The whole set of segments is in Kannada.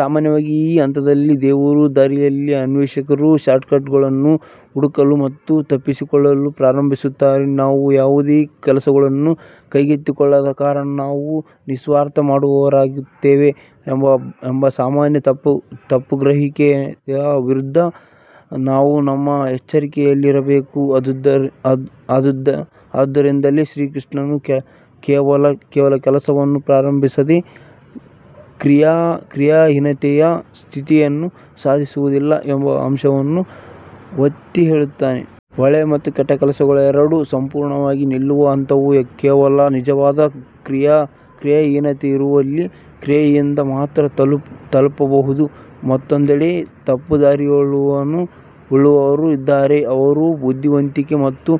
ಸಾಮಾನ್ಯವಾಗಿ ಈ ಹಂತದಲ್ಲಿ ದೇವರ ದಾರಿಯಲ್ಲಿ ಅನ್ವೇಷಕರು ಶಾರ್ಟ್ಕಟ್ಗಳನ್ನು ಹುಡುಕಲು ಮತ್ತು ತಪ್ಪಿಸಿಕೊಳ್ಳಲು ಪ್ರಾರಂಭಿಸುತ್ತಾರೆ ನಾವು ಯಾವುದೇ ಕೆಲಸವನ್ನು ಕೈಗೆತ್ತಿಕೊಳ್ಳದ ಕಾರಣ ನಾವು ನಿಸ್ವಾರ್ಥ ಮಾಡುವವರಾಗುತ್ತೇವೆ ಎಂಬ ಸಾಮಾನ್ಯ ತಪ್ಪುಗ್ರಹಿಕೆಯ ವಿರುದ್ಧ ನಾವು ನಮ್ಮ ಎಚ್ಚರಿಕೆಯಲ್ಲಿರಬೇಕು. ಆದ್ದರಿಂದಲೇ ಶ್ರೀಕೃಷ್ಣನು ಕೇವಲ ಕೆಲಸವನ್ನು ಪ್ರಾರಂಭಿಸದೆ ಕ್ರಿಯಾಹೀನತೆಯ ಸ್ಥಿತಿಯನ್ನು ಸಾಧಿಸುವುದಿಲ್ಲ ಎಂಬ ಅಂಶವನ್ನು ಒತ್ತಿಹೇಳುತ್ತಾನೆ. ಒಳ್ಳೆಯ ಮತ್ತು ಕೆಟ್ಟ ಕೆಲಸಗಳೆರಡೂ ಸಂಪೂರ್ಣವಾಗಿ ನಿಲ್ಲುವ ಹಂತವು ಕೇವಲ ನಿಜವಾದ ಕ್ರಿಯಾಹೀನತೆ ಇರುವಲ್ಲಿ ಕ್ರಿಯೆಯಿಂದ ಮಾತ್ರ ತಲುಪಬಹುದು. ಮತ್ತೊಂದೆಡೆ ತಪ್ಪುದಾರಿಯುಳ್ಳವರು ಇದ್ದಾರೆ, ಅವರು ಬುದ್ಧಿವಂತಿಕೆ ಮತ್ತು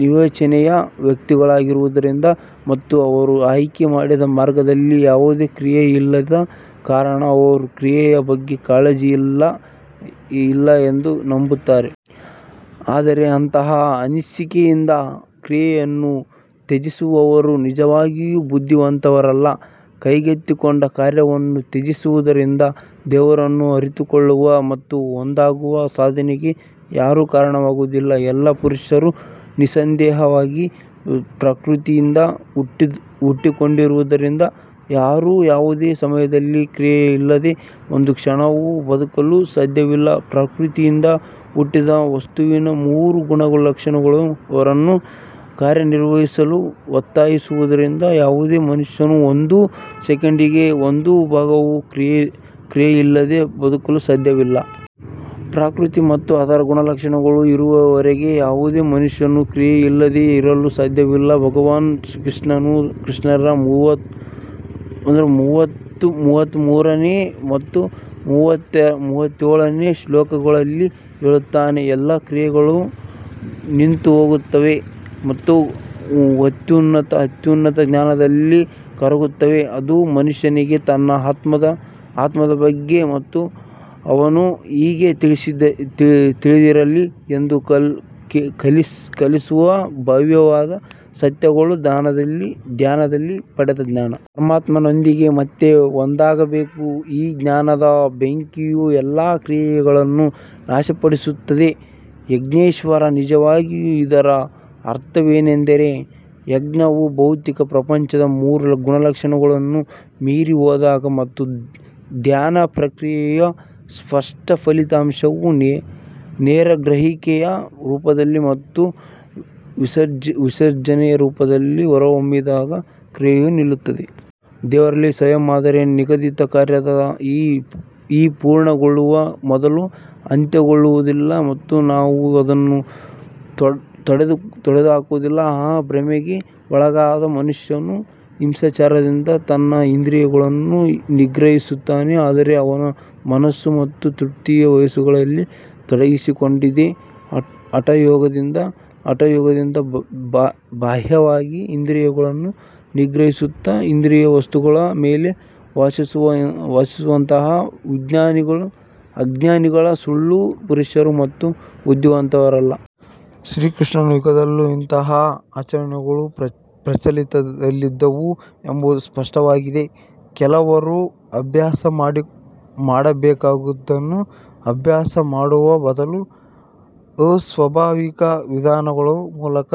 ವಿವೇಚನೆಯ ವ್ಯಕ್ತಿಗಳಾಗಿರುವುದರಿಂದ ಮತ್ತು ಅವರು ಆಯ್ಕೆ ಮಾಡಿದ ಮಾರ್ಗದಲ್ಲಿ ಯಾವುದೇ ಕ್ರಿಯೆಯಿಲ್ಲದ ಕಾರಣ ಅವರು ಕ್ರಿಯೆಯ ಬಗ್ಗೆ ಕಾಳಜಿಯಿಲ್ಲ ಎಂದು ನಂಬುತ್ತಾರೆ. ಆದರೆ ಅಂತಹ ಅನಿಸಿಕೆಯಿಂದ ಕ್ರಿಯೆಯನ್ನು ತ್ಯಜಿಸುವವರು ನಿಜವಾಗಿಯೂ ಬುದ್ಧಿವಂತರಲ್ಲ ಕೈಗೆತ್ತಿಕೊಂಡ ಕಾರ್ಯವನ್ನು ತ್ಯಜಿಸುವುದರಿಂದ ದೇವರನ್ನು ಅರಿತುಕೊಳ್ಳುವ ಮತ್ತು ಒಂದಾಗುವ ಸಾಧನೆಗೆ ಯಾರೂ ಕಾರಣವಾಗುವುದಿಲ್ಲ. ಎಲ್ಲಾ ಪುರುಷರು ನಿಸ್ಸಂದೇಹವಾಗಿ ಪ್ರಕೃತಿಯಿಂದ ಹುಟ್ಟಿಕೊಂಡಿರುವುದರಿಂದ ಯಾರೂ ಯಾವುದೇ ಸಮಯದಲ್ಲಿ ಕ್ರಿಯೆಯಿಲ್ಲದೆ ಒಂದು ಕ್ಷಣವೂ ಬದುಕಲು ಸಾಧ್ಯವಿಲ್ಲ ಪ್ರಕೃತಿಯಿಂದ ಹುಟ್ಟಿದ ವಸ್ತುವಿನ ಮೂರು ಗುಣಲಕ್ಷಣಗಳು ಅವನನ್ನು ಕಾರ್ಯನಿರ್ವಹಿಸಲು ಒತ್ತಾಯಿಸುವುದರಿಂದ ಯಾವುದೇ ಮನುಷ್ಯನು ಒಂದು ಸೆಕೆಂಡಿನ ಒಂದು ಭಾಗವೂ ಕ್ರಿಯೆಯಿಲ್ಲದೆ ಬದುಕಲು ಸಾಧ್ಯವಿಲ್ಲ. ಪ್ರಕೃತಿ ಮತ್ತು ಅದರ ಗುಣಲಕ್ಷಣಗಳು ಇರುವವರೆಗೆ ಯಾವುದೇ ಮನುಷ್ಯನು ಕ್ರಿಯೆಯಿಲ್ಲದೆ ಇರಲು ಸಾಧ್ಯವಿಲ್ಲ ಭಗವಾನ್ ಕೃಷ್ಣನು ರ ಮೂವತ್ತಮೂರನೇ ಮತ್ತು ಮೂವತ್ತೇಳನೇ ಶ್ಲೋಕಗಳಲ್ಲಿ ಹೇಳುತ್ತಾನೆ, ಎಲ್ಲಾ ಕ್ರಿಯೆಗಳು ನಿಂತುಹೋಗುತ್ತವೆ ಮತ್ತು ಅತ್ಯುನ್ನತ ಜ್ಞಾನದಲ್ಲಿ ಕರಗುತ್ತವೆ, ಅದು ಮನುಷ್ಯನಿಗೆ ತನ್ನ ಆತ್ಮದ ಬಗ್ಗೆ ಮತ್ತು ಅವನು ಹೇಗೆ ತಿಳಿದಿರಲಿ ಎಂದು ಕಲಿಸುವ ಭವ್ಯವಾದ ಸತ್ಯಗಳ ಧ್ಯಾನದಿಂದ ಪಡೆದ ಜ್ಞಾನ. ಪರಮಾತ್ಮನೊಂದಿಗೆ ಮತ್ತೆ ಒಂದಾಗಬೇಕು ಈ ಜ್ಞಾನದ ಬೆಂಕಿಯು ಎಲ್ಲಾ ಕ್ರಿಯೆಗಳನ್ನು ನಾಶಪಡಿಸುತ್ತದೆ ಯೋಗೇಶ್ವರ್ ನಿಜವಾಗಿಯೂ ಇದರ ಅರ್ಥವೇನೆಂದರೆ, ಯೋಗವು ಭೌತಿಕ ಪ್ರಪಂಚದ ಮೂರು ಗುಣಲಕ್ಷಣಗಳನ್ನು ಮೀರಿ ಹೋದಾಗ ಮತ್ತು ಧ್ಯಾನ ಪ್ರಕ್ರಿಯೆಯ ಸ್ಪಷ್ಟ ಫಲಿತಾಂಶವು ನೇರ ಗ್ರಹಿಕೆಯ ರೂಪದಲ್ಲಿ ಮತ್ತು ವಿಸರ್ಜನೆಯ ರೂಪದಲ್ಲಿ ಹೊರಹೊಮ್ಮಿದಾಗ ಕ್ರಿಯೆಯು ನಿಲ್ಲುತ್ತದೆ. ದೇವರಲ್ಲಿ ಸ್ವಯಂ ಆದರೆ ನಿಗದಿತ ಕಾರ್ಯದ ಈ ಪೂರ್ಣಗೊಳ್ಳುವ ಮೊದಲು ಅಂತ್ಯಗೊಳ್ಳುವುದಿಲ್ಲ ಮತ್ತು ನಾವು ಅದನ್ನು ತೊಡೆದುಹಾಕುವುದಿಲ್ಲ ಆ ಭ್ರಮೆಗೆ ಒಳಗಾದ ಮನುಷ್ಯನು ಹಿಂಸಾಚಾರದಿಂದ ತನ್ನ ಇಂದ್ರಿಯಗಳನ್ನು ನಿಗ್ರಹಿಸುತ್ತಾನೆ ಆದರೆ ಅವನ ಮನಸ್ಸು ಅವರ ತೃಪ್ತಿಯ ವಸ್ತುಗಳಲ್ಲಿ ತೊಡಗಿಸಿಕೊಂಡಿದೆ. ಹಠಯೋಗದಿಂದ ಬಾಹ್ಯವಾಗಿ ಇಂದ್ರಿಯಗಳನ್ನು ನಿಗ್ರಹಿಸುತ್ತಾ ಇಂದ್ರಿಯ ವಸ್ತುಗಳ ಮೇಲೆ ವಾಸಿಸುವ ಅಂತಹ ಅಜ್ಞಾನಿಗಳು ಸುಳ್ಳು ಪುರುಷರು ಮತ್ತು ಬುದ್ಧಿವಂತರಲ್ಲ. ಶ್ರೀಕೃಷ್ಣನ ಯುಗದಲ್ಲೂ ಇಂತಹ ಆಚರಣೆಗಳು ಪ್ರಚಲಿತದಲ್ಲಿದ್ದವು ಎಂಬುದು ಸ್ಪಷ್ಟವಾಗಿದೆ ಕೆಲವರು ಅಭ್ಯಾಸ ಮಾಡಬೇಕಾದುದನ್ನು ಅಭ್ಯಾಸ ಮಾಡುವ ಬದಲು ಅಸ್ವಾಭಾವಿಕ ವಿಧಾನಗಳ ಮೂಲಕ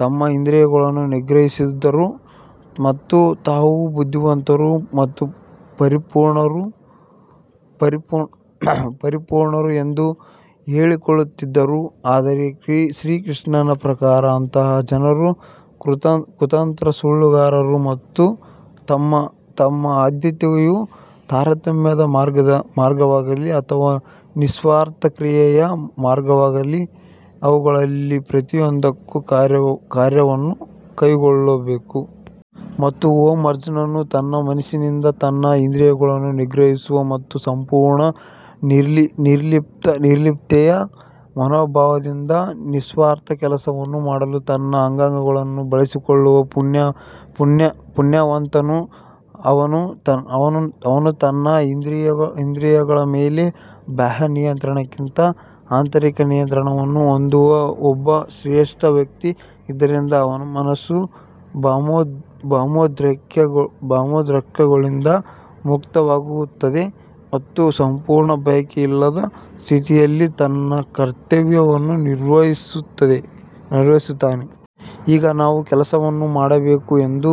ತಮ್ಮ ಇಂದ್ರಿಯಗಳನ್ನು ನಿಗ್ರಹಿಸಿದರು ಮತ್ತು ತಾವು ಬುದ್ಧಿವಂತರು ಮತ್ತು ಪರಿಪೂರ್ಣರು ಎಂದು ಹೇಳಿಕೊಳ್ಳುತ್ತಿದ್ದರು. ಆದರೆ ಶ್ರೀಕೃಷ್ಣನ ಪ್ರಕಾರ ಅಂತಹ ಜನರು ಕುತಂತ್ರ ಸುಳ್ಳುಗಾರರು ನಮ್ಮ ಆದ್ಯತೆಯು ತಾರತಮ್ಯದ ಮಾರ್ಗವಾಗಲಿ ಅಥವಾ ನಿಸ್ವಾರ್ಥ ಕ್ರಿಯೆಯ ಮಾರ್ಗವಾಗಲಿ ಅವುಗಳಲ್ಲಿ ಪ್ರತಿಯೊಂದಕ್ಕೂ ಕಾರ್ಯವನ್ನು ಕೈಗೊಳ್ಳಬೇಕು. ಮತ್ತು ಓ ಅರ್ಜುನನು ತನ್ನ ಮನಸ್ಸಿನಿಂದ ತನ್ನ ಇಂದ್ರಿಯಗಳನ್ನು ನಿಗ್ರಹಿಸುವ ಮತ್ತು ಸಂಪೂರ್ಣ ನಿರ್ಲಿಪ್ತತೆಯ ಮನೋಭಾವದಿಂದ ನಿಸ್ವಾರ್ಥ ಕೆಲಸವನ್ನು ಮಾಡಲು ತನ್ನ ಅಂಗಗಳನ್ನು ಬಳಸಿಕೊಳ್ಳುವ ಪುಣ್ಯವಂತನು ಅವನು ತನ್ನ ಇಂದ್ರಿಯಗಳ ಮೇಲೆ ಬಾಹ್ಯ ನಿಯಂತ್ರಣಕ್ಕಿಂತ ಆಂತರಿಕ ನಿಯಂತ್ರಣವನ್ನು ಹೊಂದುವ ಒಬ್ಬ ಶ್ರೇಷ್ಠ ವ್ಯಕ್ತಿ, ಇದರಿಂದ ಅವನ ಮನಸ್ಸು ಭಾವೋದ್ರೇಕಗಳಿಂದ ಮುಕ್ತವಾಗುತ್ತದೆ ಮತ್ತು ಸಂಪೂರ್ಣ ಬಯಕೆಯಿಲ್ಲದ ಸ್ಥಿತಿಯಲ್ಲಿ ತನ್ನ ಕರ್ತವ್ಯವನ್ನು ನಿರ್ವಹಿಸುತ್ತಾನೆ. ಈಗ ನಾವು ಕೆಲಸವನ್ನು ಮಾಡಬೇಕು ಎಂದು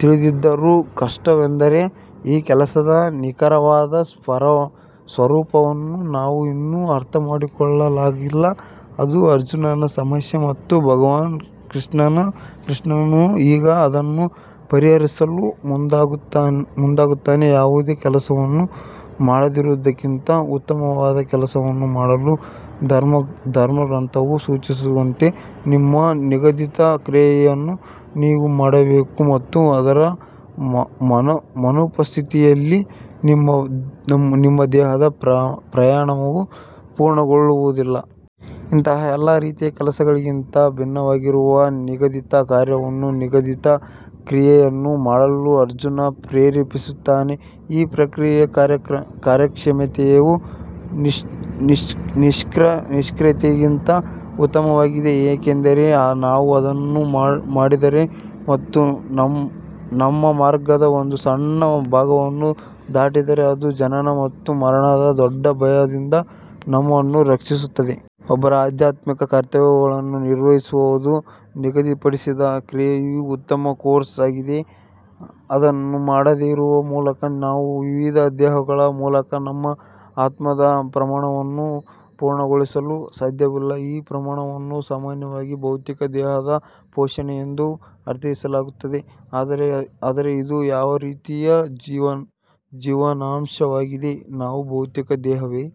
ತಿಳಿದಿದ್ದರೂ ಕಷ್ಟವೆಂದರೆ ಈ ಕೆಲಸದ ನಿಖರವಾದ ಸ್ವರೂಪವನ್ನು ನಾವು ಇನ್ನೂ ಅರ್ಥಮಾಡಿಕೊಳ್ಳಲಾಗಿಲ್ಲ. ಅದು ಅರ್ಜುನನ ಸಮಸ್ಯೆ ಮತ್ತು ಭಗವಾನ್ ಕೃಷ್ಣನು ಈಗ ಅದನ್ನು ಪರಿಹರಿಸಲು ಮುಂದಾಗುತ್ತಾನೆ ಯಾವುದೇ ಕೆಲಸವನ್ನು ಮಾಡದಿರುವದಕ್ಕಿಂತ ಉತ್ತಮವಾದ ಕೆಲಸವನ್ನು ಮಾಡಲು ಧರ್ಮಗ್ರಂಥವು ಸೂಚಿಸಿರುವಂತೆ ನಿಮ್ಮ ನಿಗದಿತ ಕ್ರಿಯೆಯನ್ನು ನೀವು ಮಾಡಬೇಕು ಮತ್ತು ಅದರ ಅನುಪಸ್ಥಿತಿಯಲ್ಲಿ ನಿಮ್ಮ ದೇಹದ ಪ್ರಯಾಣವೂ ಪೂರ್ಣಗೊಳ್ಳುವುದಿಲ್ಲ. ಇತರ ಎಲ್ಲಾ ರೀತಿಯ ಕೆಲಸಗಳಿಗಿಂತ ಭಿನ್ನವಾಗಿರುವ ನಿಗದಿತ ಕಾರ್ಯವನ್ನು ನಿಗದಿತ ಕ್ರಿಯೆಯನ್ನು ಮಾಡಲು ಅರ್ಜುನ್ ಪ್ರೇರೇಪಿಸುತ್ತಾನೆ. ಈ ಕ್ರಿಯೆಯ ಕಾರ್ಯಕ್ಷಮತೆಯು ನಿಷ್ಕ್ರಿಯತೆಗಿಂತ ಉತ್ತಮವಾಗಿದೆ ಏಕೆಂದರೆ ನಾವು ಅದನ್ನು ಮಾಡಿದರೆ ಮತ್ತು ನಮ್ಮ ಮಾರ್ಗದ ಒಂದು ಸಣ್ಣ ಭಾಗವನ್ನು ದಾಟಿದರೆ ಅದು ಜನನ ಮತ್ತು ಮರಣದ ದೊಡ್ಡ ಭಯದಿಂದ ನಮ್ಮನ್ನು ರಕ್ಷಿಸುತ್ತದೆ. ಒಬ್ಬರ ಆಧ್ಯಾತ್ಮಿಕ ಕರ್ತವ್ಯವನ್ನು ನಿರ್ವಹಿಸುವುದು, ನಿಗದಿಪಡಿಸಿದ ಕ್ರಿಯೆಯು ಉತ್ತಮ ಕೋರ್ಸ್ ಆಗಿದೆ ಇದನ್ನು ಮಾಡದೆ ಇರುವ ಮೂಲಕ ನಾವು ವಿವಿಧ ದೇಹಗಳ ಮೂಲಕ ನಮ್ಮ ಆತ್ಮದ ಪ್ರಯಾಣವನ್ನು ಪೂರ್ಣಗೊಳಿಸಲು ಸಾಧ್ಯವಿಲ್ಲ ಈ ಪ್ರಯಾಣವನ್ನು ಸಾಮಾನ್ಯವಾಗಿ ಭೌತಿಕ ದೇಹದ ಪೋಷಣೆ ಎಂದು ಅರ್ಥೈಸಲಾಗುತ್ತದೆ ಆದರೆ ಇದು ಯಾವ ರೀತಿಯ ಜೀವನಾಂಶವಾಗಿದೆ ನಾವು ಭೌತಿಕ ದೇಹವೇ.